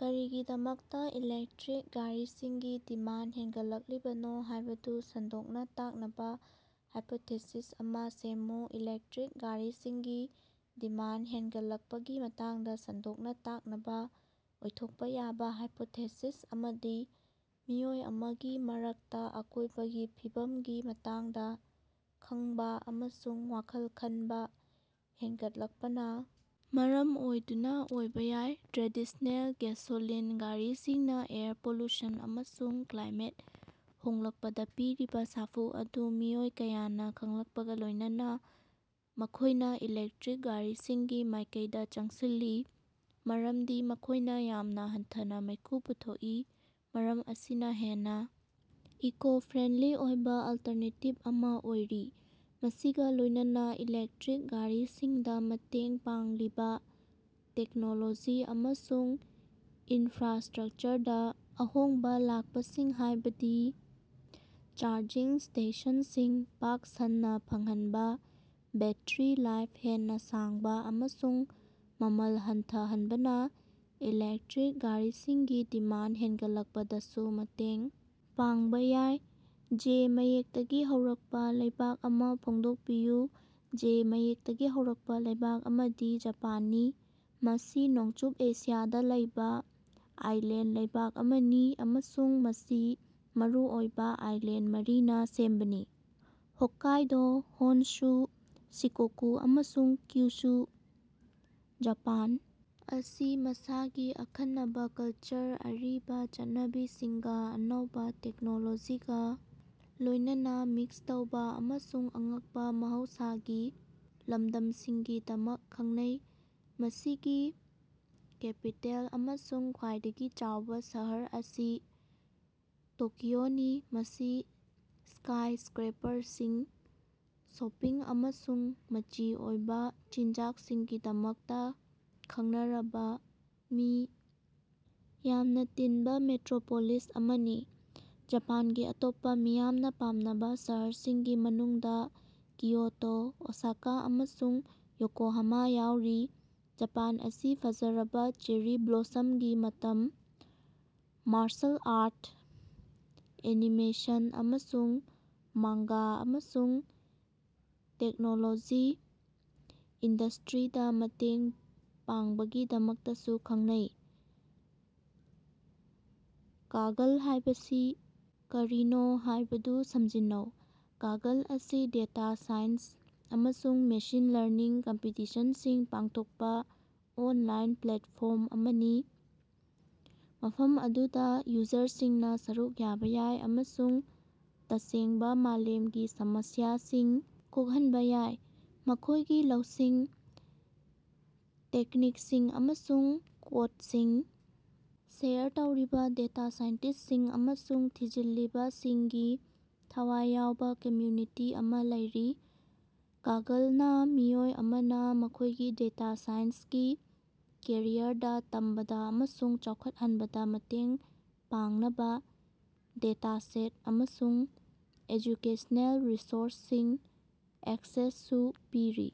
ꯀꯔꯤꯒꯤꯗꯃꯛꯇ electric ꯒꯥꯔꯤꯁꯤꯡꯒꯤ demand ꯍꯦꯟꯒꯠꯂꯛꯂꯤꯕꯅꯣ ꯍꯥꯢꯕꯗꯨ ꯁꯟꯗꯣꯛꯅ ꯇꯥꯛꯅꯕ ꯍꯥꯏꯄꯣꯊꯦꯁꯤꯁ ꯑꯃꯥ ꯁꯦꯝꯃꯨ꯫ ꯏꯂꯦꯛꯇ꯭ꯔꯤꯛ ꯒꯥꯔꯤꯁꯤꯡꯒꯤ ꯗꯤꯃꯥꯟꯗ ꯍꯦꯟꯒꯠꯂꯛꯄꯒꯤ ꯃꯇꯥꯡꯗ ꯁꯟꯗꯣꯛꯅ ꯇꯥꯛꯅꯕ ꯑꯣꯏꯊꯣꯛꯄ ꯌꯥꯕ ꯍꯥꯏꯄꯣꯊꯦꯁꯤꯁ ꯑꯃꯗꯤ ꯃꯤꯑꯣꯏ ꯑꯃꯒꯤ ꯃꯔꯛꯇ ꯑꯀꯣꯢꯕꯒꯤ ꯐꯤꯕꯝꯒꯤ ꯃꯇꯥꯡꯗ ꯈꯡꯕꯥ ꯑꯃꯁꯨꯡ ꯋꯥꯈꯜ ꯈꯟꯕ ꯍꯦꯟꯒꯠꯂꯛꯄꯅ ꯃꯔꯝ ꯑꯣꯏꯗꯨꯅ ꯑꯣꯏꯕ ꯌꯥꯏ꯫ ꯇ꯭ꯔꯦꯗꯤꯁꯅꯦꯜ ꯒꯦꯁꯣꯂꯤꯟ ꯒꯥꯔꯤꯁꯤꯡꯅ ꯑꯦꯌꯔ ꯄꯣꯂꯨꯁꯟ ꯑꯃꯁꯨꯡ ꯀ꯭ꯂꯥꯏꯃꯦꯠ ꯍꯣꯡꯂꯛꯄꯗ ꯄꯤꯔꯤꯕ ꯁꯥꯐꯨ ꯑꯗꯨ ꯃꯤꯑꯣꯏ ꯀꯌꯥꯅ ꯈꯡꯂꯛꯄꯒ ꯂꯣꯢꯅꯅꯥ ꯃꯈꯣꯢꯅ ꯏꯂꯦꯛꯇ꯭ꯔꯤꯛ ꯒꯥꯔꯤꯁꯤꯡꯒꯤ ꯃꯥꯢꯀꯩꯗ ꯆꯪꯁꯤꯜꯂꯤ ꯃꯔꯝꯗꯤ ꯃꯈꯣꯢꯅ ꯌꯥꯝꯅ ꯍꯟꯊꯅ ꯃꯩꯈꯨ ꯄꯨꯊꯣꯛꯏ ꯃꯔꯝ ꯑꯁꯤꯅ ꯍꯦꯟꯅ ꯏꯀꯣ-ꯐ꯭ꯔꯦꯟꯗꯂꯤ ꯑꯣꯏꯕ ꯑꯜꯇꯔꯅꯦꯇꯤꯕ ꯑꯃ ꯑꯣꯏꯔꯤ꯫ ꯃꯁꯤꯒ ꯂꯣꯢꯅꯅꯥ ꯏꯂꯦꯛꯇ꯭ꯔꯤꯛ ꯒꯥꯔꯤꯁꯤꯡꯗ ꯃꯇꯦꯡ ꯄꯥꯡꯂꯤꯕꯥ ꯇꯦꯛꯅꯣꯂꯣꯖꯤ ꯑꯃꯁꯨꯡ ꯏꯟꯐ꯭ꯔꯥꯁꯇ꯭ꯔꯛꯆꯔꯗ ꯑꯍꯣꯡꯕ ꯂꯥꯛꯄꯁꯤꯡ ꯍꯥꯢꯕꯗꯤ ꯆꯥꯔꯖꯤꯡ ꯁ꯭ꯇꯦꯁꯟꯁꯤꯡ ꯄꯥꯛ ꯁꯟꯅ ꯐꯪꯍꯟꯕ ꯕꯦꯠꯇ꯭ꯔꯤ-ꯂꯥꯏꯐ ꯍꯦꯟꯅ ꯁꯥꯡꯕ ꯑꯃꯁꯨꯡ ꯃꯃꯜ ꯍꯟꯊꯍꯟꯕꯅ ꯏꯂꯦꯛꯇ꯭ꯔꯤꯛ ꯒꯥꯔꯤꯁꯤꯡꯒꯤ ꯗꯤꯃꯥꯟꯗ ꯍꯦꯟꯒꯠꯂꯛꯄꯗꯁꯨ ꯃꯇꯦꯡ ꯄꯥꯡꯕ ꯌꯥꯏ꯫ ꯖꯦ ꯃꯌꯦꯛꯇꯒꯤ ꯍꯧꯔꯛꯄ ꯂꯩꯕꯥꯛ ꯑꯃ ꯐꯣꯡꯗꯣꯛꯄꯤꯌꯨ꯫ ꯖꯦ ꯃꯌꯦꯛꯇꯒꯤ ꯍꯧꯔꯛꯄ ꯂꯩꯕꯥꯛ ꯑꯃꯗꯤ ꯖꯄꯥꯟꯅꯤ꯫ ꯃꯁꯤ ꯅꯣꯡꯆꯨꯞ ꯑꯦꯁꯤꯌꯥꯗ ꯂꯩꯕ ꯑꯥꯏꯂꯦꯟꯗ ꯂꯩꯕꯥꯛ ꯑꯃꯅꯤ ꯑꯃꯁꯨꯡ ꯃꯁꯤ ꯃꯔꯨꯑꯣꯏꯕ ꯑꯥꯏꯂꯦꯟꯗ ꯃꯔꯤꯅꯥ ꯁꯦꯝꯕꯅꯤ ꯍꯣꯛꯀꯥꯏꯗꯣ, ꯍꯣꯟꯁꯨ, ꯁꯤꯀꯣꯀꯨ ꯑꯃꯁꯨꯡ ꯀ꯭ꯌꯨꯁꯨ꯫ ꯖꯄꯥꯟ ꯑꯁꯤ ꯃꯁꯥꯒꯤ ꯑꯈꯟꯅꯕ ꯀꯜꯆꯔ ꯑꯔꯤꯕ ꯆꯠꯅꯕꯤꯁꯤꯡꯒ ꯑꯅꯧꯕ ꯇꯦꯛꯅꯣꯂꯣꯖꯤꯒ ꯂꯣꯢꯅꯅꯥ ꯃꯤꯛꯁ ꯇꯧꯕꯥ ꯑꯃꯁꯨꯡ ꯑꯉꯛꯄ ꯃꯍꯧꯁꯥꯒꯤ ꯂꯝꯗꯝꯁꯤꯡꯒꯤꯗꯃꯛ ꯈꯪꯅꯩ꯫ ꯃꯁꯤꯒꯤ ꯀꯦꯄꯤꯇꯦꯜ ꯑꯃꯁꯨꯡ ꯈ꯭ꯋꯥꯏꯗꯒꯤ ꯆꯥꯎꯕ ꯁꯍꯔ ꯑꯁꯤ ꯇꯣꯀꯤꯑꯣꯅꯤ ꯃꯁꯤ ꯁ꯭ꯀꯥꯏꯁꯀ꯭ꯔꯦꯄꯔꯁꯤꯡ ꯁꯣꯄꯤꯡ ꯑꯃꯁꯨꯡ ꯃꯆꯤ ꯑꯣꯏꯕ ꯆꯤꯟꯖꯥꯛꯁꯤꯡꯒꯤꯗꯃꯛꯇ ꯈꯡꯅꯔꯕ ꯃꯤ ꯌꯥꯝꯅ ꯇꯤꯟꯕ ꯃꯦꯇ꯭ꯔꯣꯄꯣꯂꯤꯁ ꯑꯃꯅꯤ꯫ ꯖꯄꯥꯟꯒꯤ ꯑꯇꯣꯞꯄ ꯃꯤꯌꯥꯝꯅ ꯄꯥꯝꯅꯕ ꯁꯍꯔꯁꯤꯡꯒꯤ ꯃꯅꯨꯡꯗ ꯀꯤꯌꯣꯇꯣ ꯑꯣꯁꯥꯀꯥ ꯑꯃꯁꯨꯡ ꯌꯣꯀꯣꯍꯥꯃꯥ ꯌꯥꯎꯔꯤ꯫ ꯖꯄꯥꯟ ꯑꯁꯤ ꯐꯖꯔꯕ ꯆꯦꯔꯤ ꯕ꯭ꯂꯣꯁꯝꯒꯤ ꯃꯇꯝ, ꯃꯥꯔꯁꯜ ꯑꯥꯔꯠ, ꯑꯦꯅꯤꯃꯦꯁꯟ ꯑꯃꯁꯨꯡ ꯃꯥꯡꯒꯥ ꯑꯃꯁꯨꯡ ꯇꯦꯛꯅꯣꯂꯣꯖꯤ ꯏꯟꯗꯁꯇ꯭ꯔꯤꯗ ꯃꯇꯦꯡ ꯄꯥꯡꯕꯒꯤꯗꯃꯛꯇꯁꯨ ꯈꯪꯅꯩ꯫ ꯀꯥꯒꯜ ꯍꯥꯢꯕꯁꯤ ꯀꯔꯤꯅꯣ ꯍꯥꯢꯕꯗꯨ ꯁꯝꯖꯤꯟꯅꯧ꯫ ꯀꯥꯒꯜ ꯑꯁꯤ ꯗꯦꯇꯥ ꯁꯥꯏꯟꯁ ꯑꯃꯁꯨꯡ ꯃꯦꯁꯤꯟ ꯂꯔꯅꯤꯡ ꯀꯝꯄꯤꯇꯤꯁꯟꯁꯤꯡ ꯄꯥꯡꯊꯣꯛꯄ ꯑꯣꯟꯂꯥꯏꯟ ꯄ꯭ꯂꯦꯠꯐꯣꯔꯝ ꯑꯃꯅꯤ ꯃꯐꯝ ꯑꯗꯨꯗ ꯌꯨꯖꯔꯁꯤꯡꯅ ꯁꯔꯨꯛ ꯌꯥꯕ ꯌꯥꯏ ꯑꯃꯁꯨꯡ ꯇꯁꯦꯡꯕ ꯃꯥꯂꯦꯝꯒꯤ ꯁꯃꯁ꯭ꯌꯥꯁꯤꯡ ꯀꯣꯛꯍꯟꯕ ꯌꯥꯏ꯫ ꯃꯈꯣꯢꯒꯤ ꯂꯧꯁꯤꯡ, ꯇꯦꯛꯅꯤꯛꯁꯤꯡ ꯑꯃꯁꯨꯡ ꯀꯣꯗꯁꯤꯡ ꯁꯦꯌꯔ ꯇꯧꯔꯤꯕ ꯗꯦꯇꯥ ꯁꯥꯏꯟꯇꯤꯁꯇꯁꯤꯡ ꯑꯃꯁꯨꯡ ꯊꯤꯖꯤꯜꯂꯤꯕ ꯁꯤꯡꯒꯤ ꯊꯋꯥꯏ ꯌꯥꯎꯕ ꯀꯝꯃ꯭ꯌꯨꯅꯤꯇꯤ ꯑꯃ ꯂꯩꯔꯤ꯫ ꯀꯥꯒꯜꯅꯥ ꯃꯤꯑꯣꯏ ꯑꯃꯅ ꯃꯈꯣꯢꯒꯤ ꯗꯦꯇꯥ ꯁꯥꯏꯟꯁꯀꯤ ꯀꯦꯔꯤꯌꯔꯗ ꯇꯝꯕꯗ ꯑꯃꯁꯨꯡ ꯆꯥꯎꯈꯠꯍꯟꯕꯗ ꯃꯇꯦꯡ ꯄꯥꯡꯅꯕ ꯗꯦꯇꯥꯁꯦꯠ ꯑꯃꯁꯨꯡ ꯑꯦꯖꯨꯀꯦꯁꯅꯦꯜ ꯔꯤꯁꯣꯔꯁꯁꯤꯡ ꯑꯦꯛꯁꯦꯁꯁꯨ ꯄꯤꯔꯤ꯫